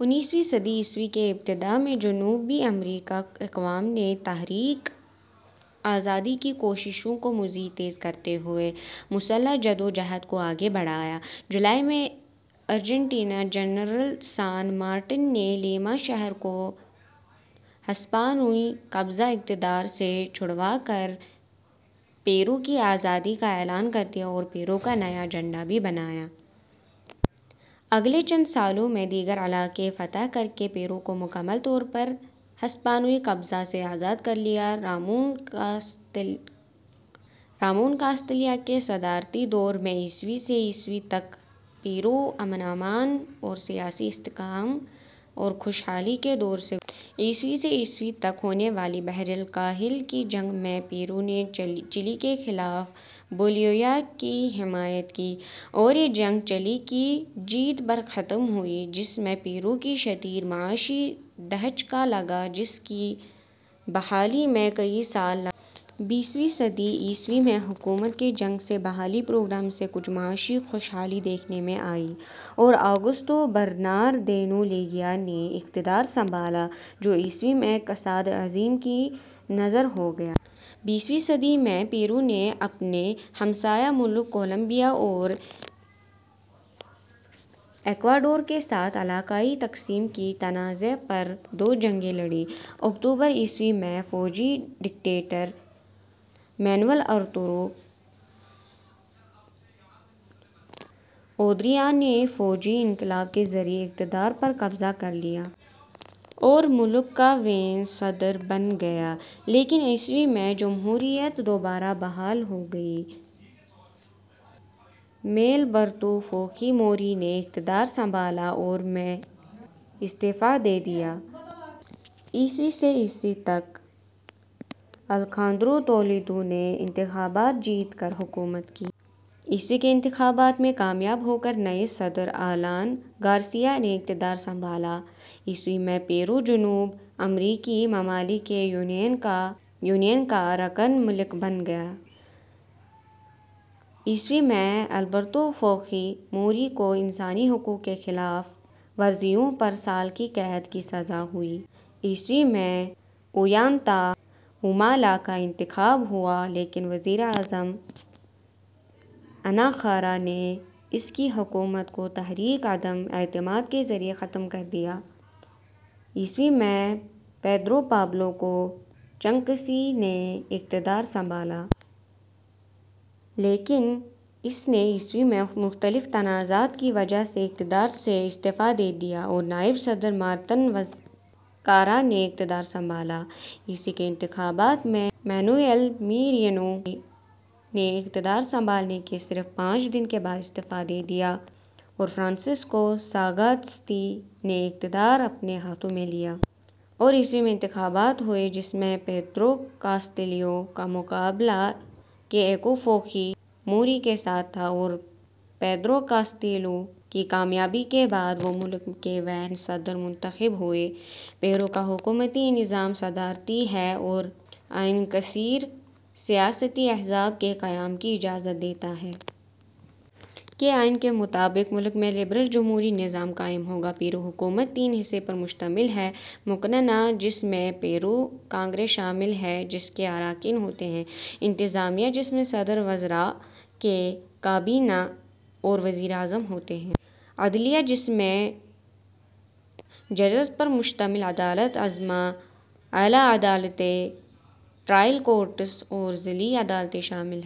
انیسویں صدی عیسوی کے ابتدا میں جنوبی امریکائی اقوام نے تحریک آزادی کی کوششوں کو مزید تیز کرتے ہوئے مسلح جدوجہد کو آگے بڑھایا۔ جولائی میں ارجنٹینی جنرل سان مارٹن نے لیما شہر کو ہسپانوی قبضہ اقتدار سے چھڑوا کر پیرو کی آزادی کا اعلان کر دیا اور پیرو کا نیا جھنڈا بھی بنایا۔ اگلے چند سالوں میں دیگر علاقے فتح کر کے پیرو کو مکمل طور پر ہسپانوی قبضہ سے آزاد کر لیا۔ رامون کاستلیا کے صدراتی دور میں عیسوی سے عیسوی تک پیرو امن وامان اور سیاسی استحکام اور خوش حالی کے دور سے گذرا۔ عیسوی سے عیسوی تک ہونے والی بحرالکاہل کی جنگ میں پیرو نے چلی کے خلاف بولیویا کی حمایت کی۔ اور یہ جنگ چلی کی جیت پر ختم ہوئی۔ جس میں پیرو کی شدید معاشی دھچکا لگا جس کی بحالی میں کئی سال لگ گئے۔ بیسوی صدی عیسوی میں حکومت کے جنگ سے بحالی پروگرام سے کچھ معاشی خوش حالی دیکھنے میں آئی اور آگوستو برناردینو لیگیا نے اقتدار سنبھالا۔ جو عیسوی میں کساد عظیم کی نظر ہو گیا۔ بیسوی صدی میں پیرو نے اپنے ہمسایہ ملک کولومبیا اور ایکواڈور کے ساتھ علاقائی تقسیم کی تنازع پر دو جنگیں لڑیں۔ اکتوبر عیسوی میں فوجی ڈکٹیٹر مینوئل ارتورو اودریا نے فوجی انقلاب کے ذریعے اقتدار پر قبضہ کر لیا۔ اور ملک کا ویں صدر بن گیا۔ لیکن عیسوی میں جمہوریت دوبارہ بحال ہو گئی۔ میں البرتو فوخی موری نے اقتدار سنبھالا اور میں استعفی دے دیا۔ ء سے ء تک آلخاندرو تولیدو نے انتخابات جیت کر حکومت کی۔ ء کے انتخابات میں کامیاب ہو کر نئے صدر آلان گارسیا نے اقتدار سنبھالا۔ ء میں پیرو جنوب امریکی ممالک کی یونین کا رکن ملک بنا۔ ء میں البرتو فوخی موری کو انسانی حقوق کی خلاف ورزیوں پر سال کی قید کی سزا ہوئی۔ ء میں اویانتا اومالا کا انتخاب ہوا لیکن وزیر اعظم انا خارا نے اس کی حکومت کو تحریک عدم اعتماد کے ذریعے ختم کر دیا۔ ء میں پیدرو پابلو کوچنسکی نے اقتدار سنبھالا۔ لیکن اس نے ء میں مختلف تنازعات کی وجہ سے اقتدار سے ا ستعفی دے دیا۔ اور نائب صدر مارتن وزکارا نے اقتدار سنبھالا۔ ء کے انتخابات میں مینوئل میرینو نے اقتدار سنبھالنے کے صرف پانچ دن کے بعد استعفی دے دیا اور فرانسسکو ساگاستی نے اقتدار اپنے ہاتھو میں لیا۔ اور ء میں انتخابات ہوئے جس میں پیدرو کاستیلیو کا مقابلہ کے ایکو فوخی موری کے ساتھ تھا۔ اور پیدرو کاستیلیو کی کامیاب کے بعد وہ ملک کے ویں صدر منتخب ہوئے۔ پیرو کا حکومتی نظام صدارتی ہے اور آئین کثیر سیاسی احزاب کے قیام کی اجازت دیتا ہے۔ کے آئین کے مطابق ملک میں لبرل جمہوری نظام قائم ہوگا۔ پیرو حکومت تین حصے پر مشتمل ہے۔ ۔ مقننہ جس میں پیرو کانگرس شامل ہے جس کے اراکین ہوتے ہیں۔ ۔ انتظامیہ ، جس میں صدر، وزراء کی کابینہ اور وزیر اعظم ہوتے ہیں۔ ۔ عدلیہ ، جس میں ججز پر مشتمل عدالت عظمی, اعلیٰ عدالتیں، ٹرائل کورٹس اور ضلعی عدالتیں شامل ہیں۔